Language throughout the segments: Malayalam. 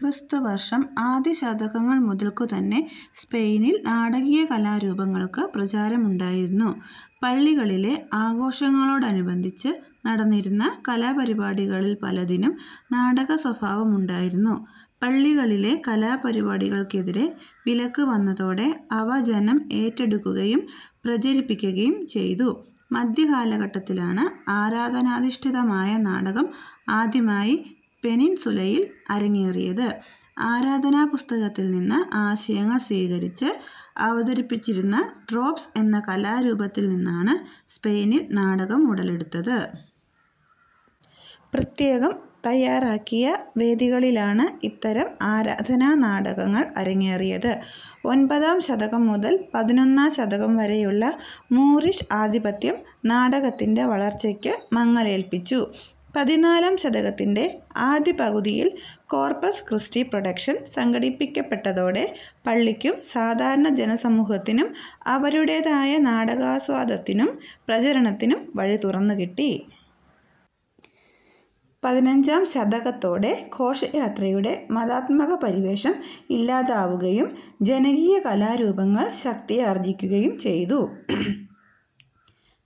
ക്രിസ്തുവർഷം ആദ്യശതകങ്ങൾ മുതൽക്കുതന്നെ സ്പെയിനിൽ നാടകീയ കലാരൂപങ്ങൾക്ക് പ്രചാരമുണ്ടായിരുന്നു. പള്ളികളിലെ ആഘോഷങ്ങളോടനുബന്ധിച്ച് നടന്നിരുന്ന കലാപരിപാടികളിൽ പലതിനും നാടകസ്വഭാവമുണ്ടായിരുന്നു. പള്ളികളിലെ കലാപരിപാടികൾക്കെതിരെ വിലക്ക് വന്നതോടെ, അവ ജനം ഏറ്റെടുക്കുകയും പ്രചരിപ്പിക്കുകയും ചെയ്തു. മധ്യകാലഘട്ടത്തിലാണ് ആരാധനാധിഷ്ഠിതമായ നാടകം ആദ്യമായി പെനിൻസുലയിൽ അരങ്ങേറിയത്. ആരാധനാപുസ്തകത്തിൽനിന്ന് ആശയങ്ങൾ സ്വീകരിച്ച് അവതരിപ്പിച്ചിരുന്ന ട്രോപ്സ് എന്ന കലാരൂപത്തിൽനിന്നാണ് സ്പെയിനിൽ നാടകം ഉടലെടുത്തത്. പ്രത്യേകം തയ്യാറാക്കിയ വേദികളിലാണ് ഇത്തരം ആരാധനാ നാടകങ്ങൾ അരങ്ങേറിയത്. ഒൻപതാം ശതകം മുതൽ പതിനൊന്നാം ശതകം വരെയുള്ള മൂറിഷ് ആധിപത്യം നാടകത്തിൻ്റെ വളർച്ചക്ക് മങ്ങലേൽപ്പിച്ചു. പതിനാലാം ശതകത്തിൻ്റെ ആദ്യപകുതിയിൽ കോർപ്പസ് ക്രിസ്റ്റി പ്രൊഡക്ഷൻ സംഘടിപ്പിക്കപ്പെട്ടതോടെ, പള്ളിക്കും സാധാരണ ജനസമൂഹത്തിനും അവരുടേതായ നാടകാസ്വാദത്തിനും പ്രചരണത്തിനും വഴി തുറന്നുകിട്ടി. പതിനഞ്ചാം ശതകത്തോടെ, ഘോഷയാത്രയുടെ മതാത്മക പരിവേഷം ഇല്ലാതാവുകയും ജനകീയകലാരൂപങ്ങൾ ശക്തിയാർജിക്കുകയും ചെയ്തു.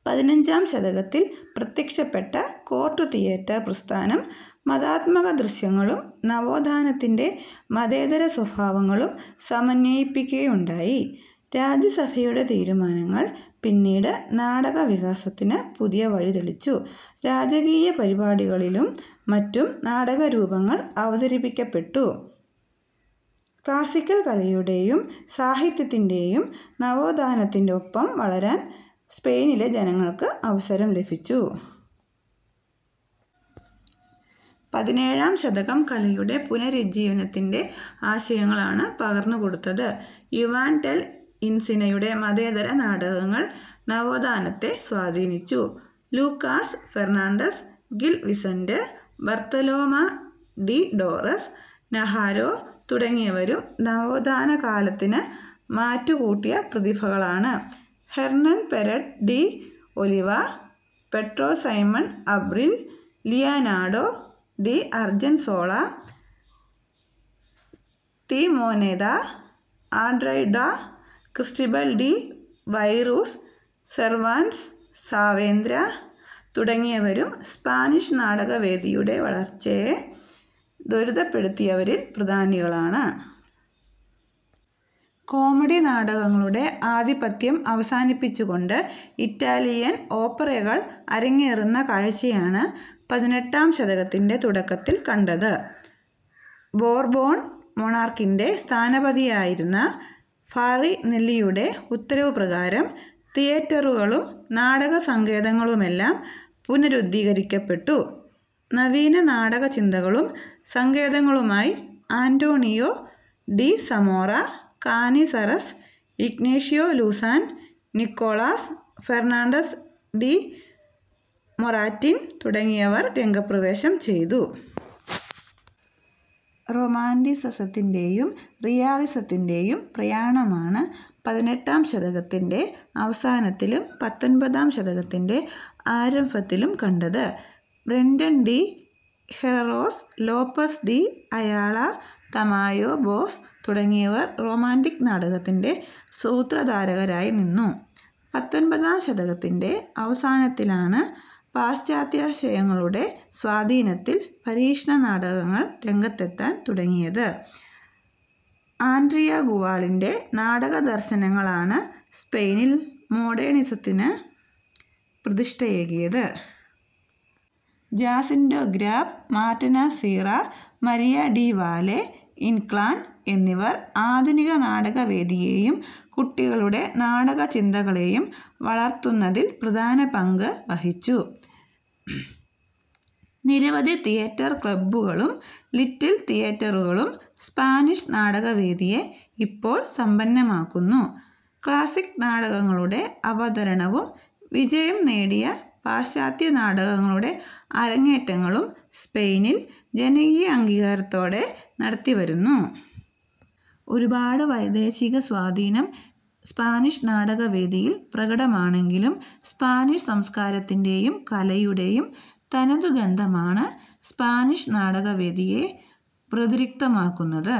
പതിനഞ്ചാം ശതകത്തിൽ പ്രത്യക്ഷപ്പെട്ട കോർട്ട് തിയേറ്റർ പ്രസ്ഥാനം മതാത്മകദൃശ്യങ്ങളും നവോത്ഥാനത്തിൻ്റെ മതേതര സ്വഭാവങ്ങളും സമന്വയിപ്പിക്കുകയുണ്ടായി. രാജസഭയുടെ തീരുമാനങ്ങൾ, പിന്നീട് നാടകവികാസത്തിന് പുതിയ വഴി തെളിച്ചു. രാജകീയ പരിപാടികളിലും മറ്റും നാടകരൂപങ്ങൾ അവതരിക്കപ്പെട്ടു. ക്ലാസ്സിക്കൽ കലയുടെയും സാഹിത്യത്തിൻ്റെയും നവോത്ഥാനത്തിനൊപ്പം വളരാൻ സ്പെയിനിലെ ജനങ്ങൾക്ക് അവസരം ലഭിച്ചു. പതിനേഴാം ശതകം, കലയുടെ പുനരുജ്ജീവനത്തിൻ്റെ ആശയങ്ങളാണ് പകർന്നു കൊടുത്തത്. യുവാൻ ഡെൽ ഇൻസിനയുടെ മതേതര നാടകങ്ങൾ നവോത്ഥാനത്തെ സ്വാധീനിച്ചു. Lucas Fernandez, Gil Vicente, Bartolome de Torres Naharro തുടങ്ങിയവരും നവോത്ഥാനകാലത്തിന് മാറ്റു കൂട്ടിയ പ്രതിഭകളാണ്. Hernan Perez de Oliva, Pedro Simon Abril, Leonardo de Argensola, Timoneda, Artieda, Cristobal de Virues, Cervantes Saavedra തുടങ്ങിയവരും സ്പാനിഷ് നാടകവേദിയുടെ വളർച്ചയെ ത്വരിതപ്പെടുത്തിയവരിൽ പ്രധാനികളാണ്. കോമഡി നാടകങ്ങളുടെ ആധിപത്യം അവസാനിപ്പിച്ചുകൊണ്ട് ഇറ്റാലിയൻ ഓപ്പറെകൾ അരങ്ങേറുന്ന കാഴ്ചയാണ് പതിനെട്ടാം ശതകത്തിൻ്റെ തുടക്കത്തിൽ കണ്ടത്. ബോർബോൺ മൊണാർക്കിൻ്റെ സ്ഥാനപതിയായിരുന്ന ഫാറിനെല്ലിയുടെ ഉത്തരവുപ്രകാരം തിയേറ്ററുകളും നാടകസങ്കേതങ്ങളുമെല്ലാം പുനരുദ്ധരിക്കപ്പെട്ടു. നവീന നാടകചിന്തകളും സങ്കേതങ്ങളുമായി Antonio de Zamora, Canizares, Ignacio Luzan, Nicolas Fernandez de Moratin തുടങ്ങിയവർ രംഗപ്രവേശം ചെയ്തു. റൊമാന്റിസിസത്തിൻ്റെയും റിയലിസത്തിൻ്റെയും പ്രയാണമാണ് പതിനെട്ടാം ശതകത്തിൻ്റെ അവസാനത്തിലും പത്തൊൻപതാം ശതകത്തിൻ്റെ ആരംഭത്തിലും കണ്ടത്. Breton de Herreros, Lopez de Ayala, Tamayo Baus തുടങ്ങിയവർ റൊമാന്റിക് നാടകത്തിൻ്റെ സൂത്രധാരകരായിനിന്നു. പത്തൊൻപതാം ശതകത്തിൻ്റെ അവസാനത്തിലാണ്, പാശ്ചാത്യാശയങ്ങളുടെ സ്വാധീനത്തിൽ പരീക്ഷണനാടകങ്ങൾ രംഗത്തെത്താൻ തുടങ്ങിയത്. ആൻട്രിയാ ഗുവാളിൻ്റെ നാടകദർശനങ്ങളാണ് സ്പെയിനിൽ മോഡേണിസത്തിന് പ്രതിഷ്ഠയേകിയത്. Jacinto Grau, Martinez Sierra, Maria de Valle Inclan എന്നിവർ ആധുനിക നാടകവേദിയെയും കുട്ടികളുടെ നാടകചിന്തകളെയും വളർത്തുന്നതിൽ പ്രധാന പങ്ക് വഹിച്ചു. നിരവധി തിയേറ്റർ ക്ലബ്ബുകളും ലിറ്റിൽ തിയേറ്ററുകളും സ്പാനിഷ് നാടകവേദിയെ ഇപ്പോൾ സമ്പന്നമാക്കുന്നു. ക്ലാസ്സിക് നാടകങ്ങളുടെ അവതരണവും വിജയം നേടിയ പാശ്ചാത്യ നാടകങ്ങളുടെ അരങ്ങേറ്റങ്ങളും സ്പെയിനിൽ ജനകീയാംഗീകാരത്തോടെ നടത്തിവരുന്നു. ഒരുപാട് വൈദേശിക സ്വാധീനം സ്പാനിഷ് നാടകവേദിയിൽ പ്രകടമാണെങ്കിലും, പാനിഷ് സംസ്കാരത്തിൻ്റെയും കലയുടെയും തനതു ഗന്ധമാണ് സ്പാനിഷ് നാടകവേദിയെ വ്യതിരിക്തമാക്കുന്നത്.